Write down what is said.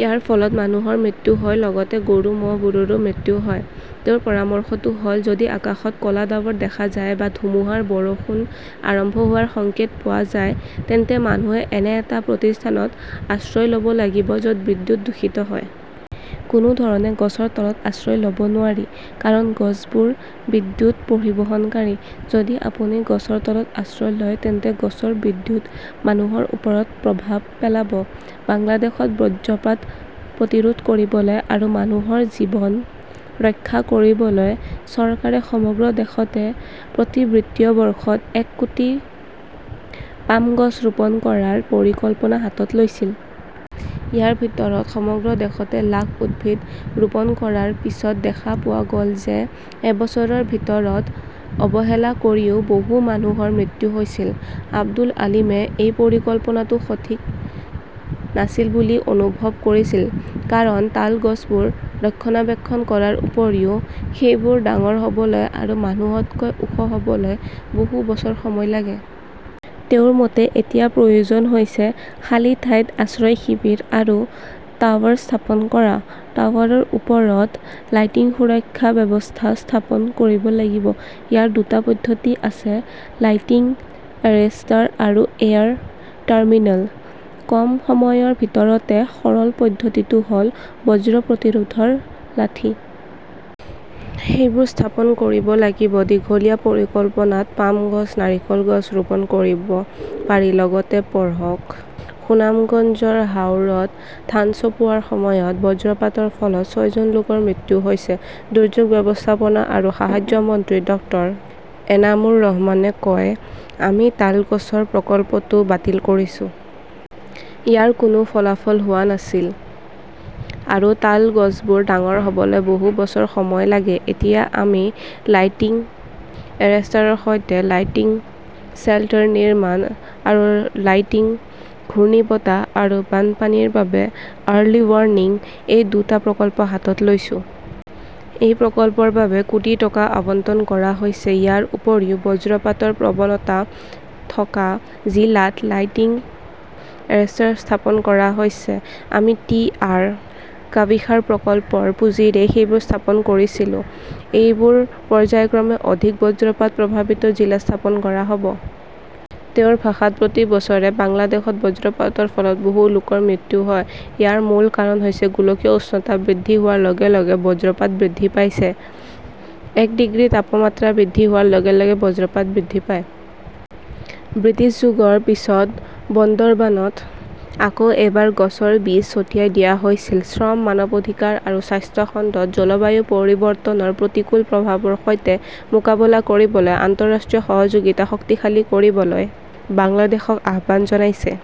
ইয়াৰ ফলত মানুহৰ মৃত্যু হয়, লগতে গৰু-ম'হবোৰৰো মৃত্যু হয়। "তেওঁৰ পৰামৰ্শটো হ'ল ", যদি আকাশত ক'লা ডাৱৰ দেখা যায় বা ধুমুহাৰ বৰষুণ আৰম্ভ হোৱাৰ সংকেত পোৱা যায়, তেন্তে মানুহে এনে এটা প্ৰতিষ্ঠানত আশ্ৰয় ল'ব লাগিব য'ত বিদ্যুৎ দূষিত হয়। কোনো ধৰণে গছৰ তলত আশ্ৰয় ল'ব নোৱাৰি। কাৰণ গছবোৰ বিদ্যুৎ পৰিবহণকাৰী। যদি আপুনি গছৰ তলত আশ্ৰয় লয় তেন্তে গছৰ বিদ্যুৎ মানুহৰ ওপৰত প্ৰভাৱ পেলাব। "বাংলাদেশত বজ্ৰপাত প্ৰতিৰোধ কৰিবলৈ আৰু মানুহৰ জীৱন ৰক্ষা কৰিবলৈ চৰকাৰে সমগ্ৰ দেশতে প্ৰতি বিত্তীয় বৰ্ষত এক কোটি পাম গছ ৰোপণ কৰাৰ পৰিকল্পনা হাতত লৈছিল।" ইয়াৰ ভিতৰত, সমগ্ৰ দেশতে লাখ উদ্ভিদ ৰোপণ কৰাৰ পিছত দেখা পোৱা গ'ল যে এবছৰৰ ভিতৰত অৱহেলা কৰিও বহু মানুহৰ মৃত্যু হৈছিল। আব্দুল আলিমে এই পৰিকল্পনাটো সঠিক নাছিল বুলি অনুভৱ কৰিছিল। কাৰণ তাল গছবোৰ ৰক্ষণাবেক্ষণ কৰাৰ উপৰিও সেইবোৰ ডাঙৰ হ'বলৈ আৰু মানুহতকৈ ওখ হ'বলৈ বহু বছৰ সময় লাগে। তেওঁৰ মতে এতিয়া প্ৰয়োজন হৈছে, "খালী ঠাইত আশ্ৰয় শিবিৰ আৰু টাৱাৰ স্থাপন কৰা। টাৱাৰৰ ওপৰত লাইটিং সুৰক্ষা ব্যৱস্থা স্থাপন কৰিব লাগিব। ইয়াৰ দুটা পদ্ধতি আছে লাইটিং এৰেষ্টাৰ আৰু এয়াৰ টাৰ্মিনেল। কম সময়ৰ ভিতৰতে সৰল পদ্ধতিটো হ'ল বজ্ৰ প্ৰতিৰোধৰ লাঠি। সেইবোৰ স্থাপন কৰিব লাগিব। দীঘলীয়া পৰিকল্পনাত পাম গছ, নাৰিকল গছ ৰোপণ কৰিব পাৰি। লগতে পঢ়কঃ সুনামগঞ্জৰ হাওৰত ধান চপোৱাৰ সময়ত বজ্ৰপাতৰ ফলত ছয়জন লোকৰ মৃত্যু হৈছে, দুৰ্যোগ ব্যৱস্থাপনা আৰু সাহায্য মন্ত্ৰী ড. এনামুৰ ৰহমানে কয়, "আমি তাল গছৰ প্ৰকল্পটো বাতিল কৰিছো। ইয়াৰ কোনো ফলাফল হোৱা নাছিল আৰু তাল গছবোৰ ডাঙৰ হ'বলৈ বহু বছৰ সময় লাগে। এতিয়া আমি লাইটিং এৰেষ্টাৰৰ সৈতে লাইটিং শ্বেল্টাৰ নিৰ্মাণ আৰু লাইটিং, ঘূৰ্ণীবতাহ আৰু বানপানীৰ বাবে আৰ্লি ৱাৰ্ণিং-এই দুটা প্ৰকল্প হাতত লৈছো। এই প্ৰকল্পৰ বাবে কোটি টকা আবণ্টন কৰা হৈছে। ইয়াৰ উপৰিও, বজ্ৰপাতৰ প্ৰৱণতা থকা জিলাত লাইটিং এৰেষ্টাৰ স্থাপন কৰা হৈছে। আমি টি. আৰ. -কাবিখাৰ প্ৰকল্পৰ পুঁজিৰে সেইবোৰ স্থাপন কৰিছিলো। এইবোৰ পৰ্য্যায়ক্ৰমে অধিক বজ্ৰপাত প্ৰভাৱিত জিলাত স্থাপন কৰা হ'ব। "তেওঁৰ ভাষাত," প্ৰতি বছৰে বাংলাদেশত বজ্ৰপাতৰ ফলত বহু লোকৰ মৃত্যু হয়। ইয়াৰ মূল কাৰণ হৈছে গোলকীয় উষ্ণতা বৃদ্ধি হোৱাৰ লগে লগে বজ্ৰপাত বৃদ্ধি পাইছে। এক ডিগ্ৰী তাপমাত্ৰা বৃদ্ধি হোৱাৰ লগে লগে বজ্ৰপাত বৃদ্ধি পায়। " ব্ৰিটিছ যুগৰ পিছত বন্দৰবানত আকৌ এবাৰ গছৰ বীজ ছটিয়াই দিয়া হৈছিল। শ্ৰম, মানৱ অধিকাৰ আৰু স্বাস্থ্য খণ্ডত জলবায়ু পৰিৱৰ্তনৰ প্ৰতিকূল প্ৰভাৱৰ সৈতে মোকাবিলা কৰিবলৈ আন্তঃৰাষ্ট্ৰীয় সহযোগিতা শক্তিশালী কৰিবলৈ বাংলাদেশক আহ্বান জনাইছে।